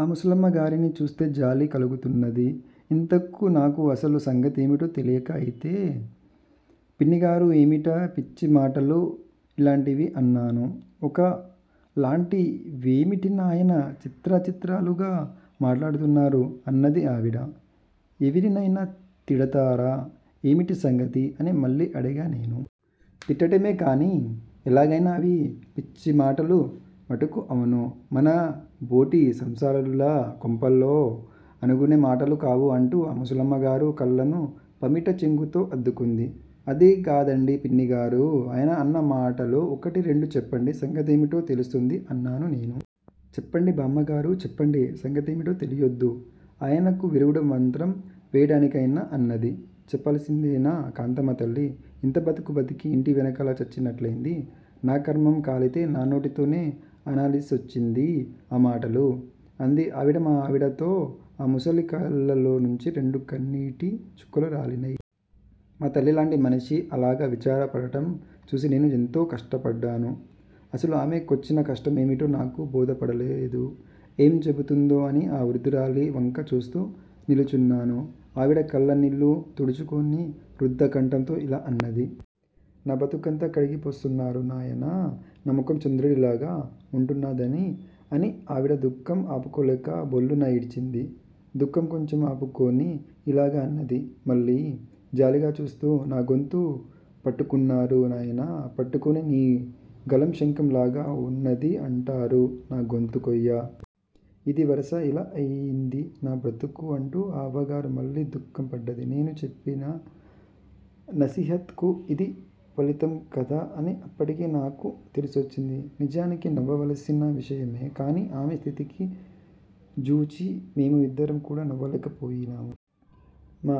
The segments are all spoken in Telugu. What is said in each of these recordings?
ఆ ముసలమ్మ గారిని చూస్తే జాలీ కలుగుతున్నది. ఇంతకూ నాకు అసలు సంగతి ఏమిటో తెలియక అయితే పిన్నిగారూ, ఏమిటా పిచ్చి మాటలు, ఇలాంటివి? అన్నాను. ఒక లాంటి వేమిటి నాయనా, చిత్ర చిత్రాలుగా మాట్లాడుతున్నారు, అన్నది ఆవిడ. ఎవరినైనా తిడతారా, ఏమిటీ సంగతి? అని మళ్ళీ అడిగా నేను. తిట్టటమే కానీ, ఎలాగైన అవి పిచ్చి మాటలు మటుకు అవును. మన బోటి సంసారుల కొంపల్లో అనుకునే మాటలు కావు అంటూ ఆ ముసలమ్మ గారు కళ్ళను పమిట చెంగుతో అద్దుకొంది. అది గాదండీ పిన్నిగారూ, ఆయన అన్న మాటలు ఒకటి రెండు చెప్పండి. సంగతేమిటో తెలుస్తుంది అన్నాను నేను. చెప్పండి బామ్మగారూ, చెప్పండి, సంగతేమిటో తెలియొద్దూ! ఆయనకు, విరుగుడు మంత్రం వేయటానికైనా అన్నది. చెప్పాలిసిందేనా కాంతమ్మ తల్లీ! ఇంత బతుకూ బతికి ఇంటి వెనకాల చచ్చినట్లైంది. నాకర్మం కాలితే నా నోటితోనే అనాలిసొచ్చింది ఆ మాటలు! అంది ఆవిడ మా ఆవిడతో, ఆ ముసలి కళ్ళలోనుంచి రెండు కన్నీటి చుక్కలు రాలినై. మా తల్లిలాంటి మనిషి అలాగ విచార పడడం చూచి నేనూ ఎంతో కష్టపడ్డాను. అసలు ఆమె కొచ్చిన కష్టం ఏమిటో నాకు బోధపడలేదు. ఏం జెపుతుందో అని ఆ వృద్దురాలి వంక చూస్తూ నిలుచున్నాను. ఆవిడా కళ్ళ నీళ్ళు తుడుచుకొని రుద్ధ కంఠంతో ఇలా అన్నది. నా బతుకంతా కడిగి పోస్తున్నారు నాయనా నా ముఖం చంద్రుడి లాగ ఉంటున్నదని, అని ఆవిడ దుఃఖం ఆపుకోలేక భొళ్ళున ఏడ్చింది. దుఃఖం కొంచెం ఆపుకొని ఇలాగ అన్నది మళ్ళీ, జాలిగా చూస్తూ, నాగొంతు పట్టుకున్నారు నాయినా పట్టుకునీ నీ గళం శంఖం లాగ ఉన్నదీ అంటారు, నా గొంతు కొయ్య! ఇదీ వరస ఇలా అయింది నా బ్రతుకు అంటూ ఆ అవ్వగారు మళ్ళీ దుఃఖ పడ్డది. నేను చెప్పిన నసీహత్ కు యిది ఫలితం కదా అని అప్పటికి నాకు తెలిసొచ్చింది. నిజానికి నవ్వవలసిన విషయమే. కాని ఆమె స్థితికి జూచి మేము యిద్దరం కూడా నవ్వలేక పోయినాము. మా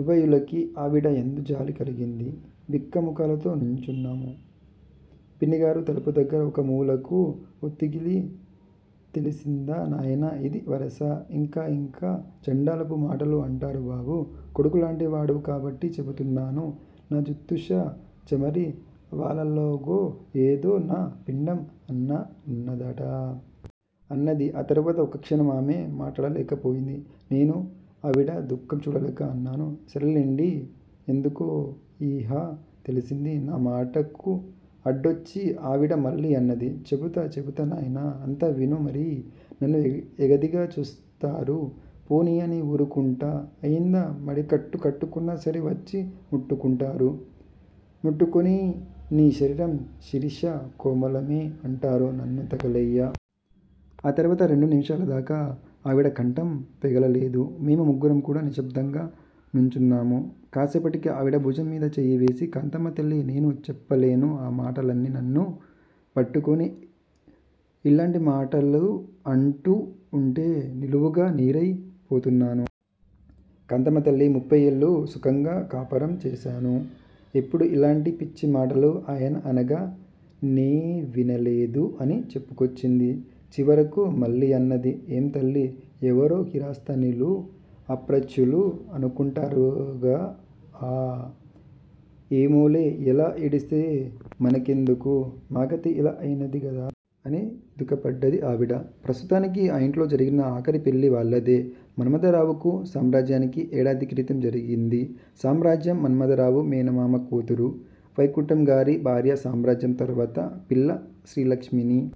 ఉభయులకూ ఆవిడ యందు జాలి కలిగింది. బిక్క ముఖాలతో నుంచున్నాం. పిన్నిగారు తలుపు దగ్గరే ఒక మూలకు ఒత్తిగిలి తెలిసిందా నాయినా, ఇదీ వరస, ఇంకా, ఇంకా చండాలపు మాటలు అంటారు బాబూ! కొడుకు లాంటి వాడవు కాబట్టి చెపుతున్నాను. నా జుత్తుషా చమరీ వాలాల్లాగో, ఏదో నా పిండం, అలా ఉన్న దట! అన్నది. ఆ తరువాత ఒక క్షణం ఆమె మాట్లాడలేక పోయింది. నేను ఆవిడ దుఃఖం చూడలేక అన్నానూ, సరేలెండి ఎందుకూ ఇహ తెలిసింది. నా మాటకు అడ్డొచ్చి ఆవిడ మళ్ళీ అన్నదీ. చెపుతా, చెపుతా నాయినా, అంతా విను మరీ, నన్ను ఎగాదిగా చూస్తారు. పోనీ అని ఊరుకుంటా, అయిందా, మడికట్టు కట్టుకున్నా సరే వచ్చి ముట్టుకుంటారు, ముట్టుకుని నీ శరీరం శిరీష కోమలమే అంటారు, నన్ను తగలెయ్య! ఆ తరువాత రెండు నిమిషాల దాకా ఆవిడ కంఠం పెగలలేదు, మేము ముగ్గురం కూడా నిశ్శబ్దంగా నుంచున్నాము. కాసేపటికి ఆవిడ బుజం మీద చెయ్యి వేసి కాంతమ్మ తల్లీ నేను చెప్పలేను ఆ మాటలన్నీ నన్ను బట్టుకుని ఇల్లాంటి మాటలు అంటూ ఉంటే నిలువుగా నీరై పోతున్నాను. కాంతమ్మ తల్లీ, ముప్పై ఏళ్ళు సుఖంగా కాపరం చేశాను. ఎప్పుడూ ఇలాంటి పిచ్చి మాటలు ఆయన అనగా నేవినలేదు అని చెప్పుకొన్నది. చివరకు మళ్ళీ అన్నది, ఏం తల్లీ, ఎవరో కిరస్తానీలూ అప్రాచ్యులూ అనుకుంటారటగా అ! ఏమోలే ఎలా ఏడిస్తే మన కెందుకు? మా గతి ఇలా అయినది గదా? అని దుఃఖ పడ్డది ఆవిడ. ప్రస్తుతానికి ఆ ఇంట్లో జరిగిన ఆఖరి పెళ్ళి వాళ్ళదే మన్మథరావుకూ, సామ్రాజ్యానికి ఏడాది క్రితం జరిగింది. సామ్రాజ్యం మన్మథరావుకు మేనమామ కూతురు. వైకుంఠంగారి భార్య సామ్రాజ్యం తర్వాత పిల్ల శ్రీలక్ష్మిని